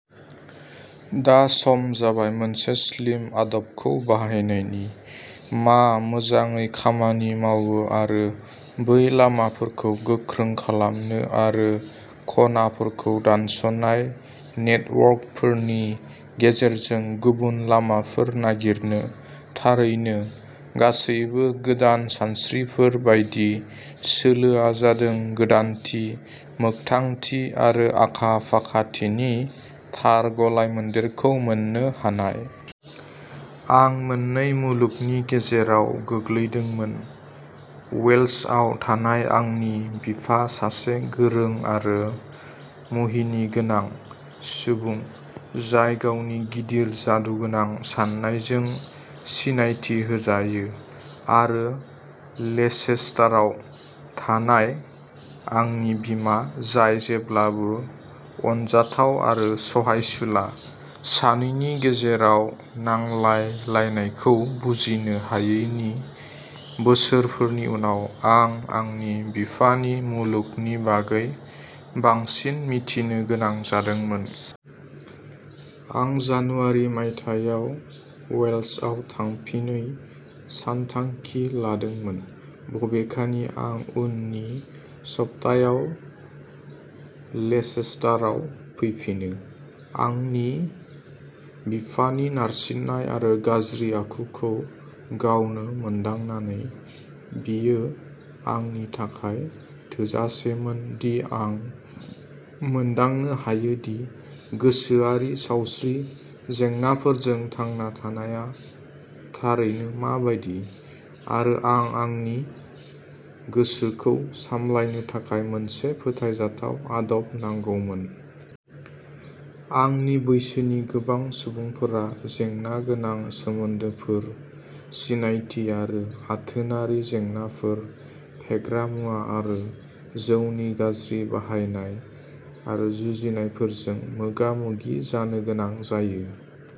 दा सम जाबाय मोनसे स्लिम आदबखौ बाहायनायनि, मा मोजाङै खामानि मावो आरो बै लामाफोरखौ गोख्रों खालामनो आरो खनाफोरखौ दानस'नाय नेटवर्कफोरनि गेजेरजों गुबुन लामाफोर नागिरनो। थारैनो, गासैबो गोदान सानस्रिफोर बायदि, सोलोआ जादों गोदानथि, मोगथांथि आरो आखा-फाखाथिनि थार गलायमोन्देरखौ मोन्नो हानाय। आं मोननै मुलुगनि गेजेराव गोग्लैदोंमोनः वेल्सआव थानाय आंनि बिफा-सासे गोरों आरो मुहिनिगोनां सुबुं, जाय गावनि गिदिर, जादुगोनां साननायजों सिनायथि होजायो, आरो लेसेस्टाराव थानाय आंनि बिमा, जाय जेब्लाबो अनजाथाव आरो सहायसुला। सानैनि गेजेराव नांलायलायनायखौ बुजिनो हायैनि बोसोरफोरनि उनाव, आं आंनि बिफानि मुलुगनि बागै बांसिन मिथिनो गोनां जादोंमोन। आं जानुवारि मायथाइयाव वेल्सआव थांफिनै सानथांखि लादोंमोन। बबेखानि, आं उननि सप्तायाव लेसेस्टारआव फैफिनो, आंनि बिफानि नारसिननाय आरो गाज्रि आखुखौ गावनो मोनदांनानै। बेयो आंनि थाखाय थोजासेमोन दि आं मोनदांनो हायोदि गोसोआरि सावस्रि जेंनाफोरजों थांना थानाया थारैनो मा बायदि, आरो आं आंनि गोसोखौ सामलायनो थाखाय मोनसे फोथायजाथाव आदब नांगौमोन। आंनि बैसोनि गोबां सुबुंफोरा जेंनागोनां सोमोन्दोफोर, सिनायथि आरो आथोनारि जेंनाफोर, फेग्रा मुवा आरो जौनि गाज्रि बाहायनाय, आरो जुजिनायफोरजों मोगा-मोगि जानो गोनां जायो।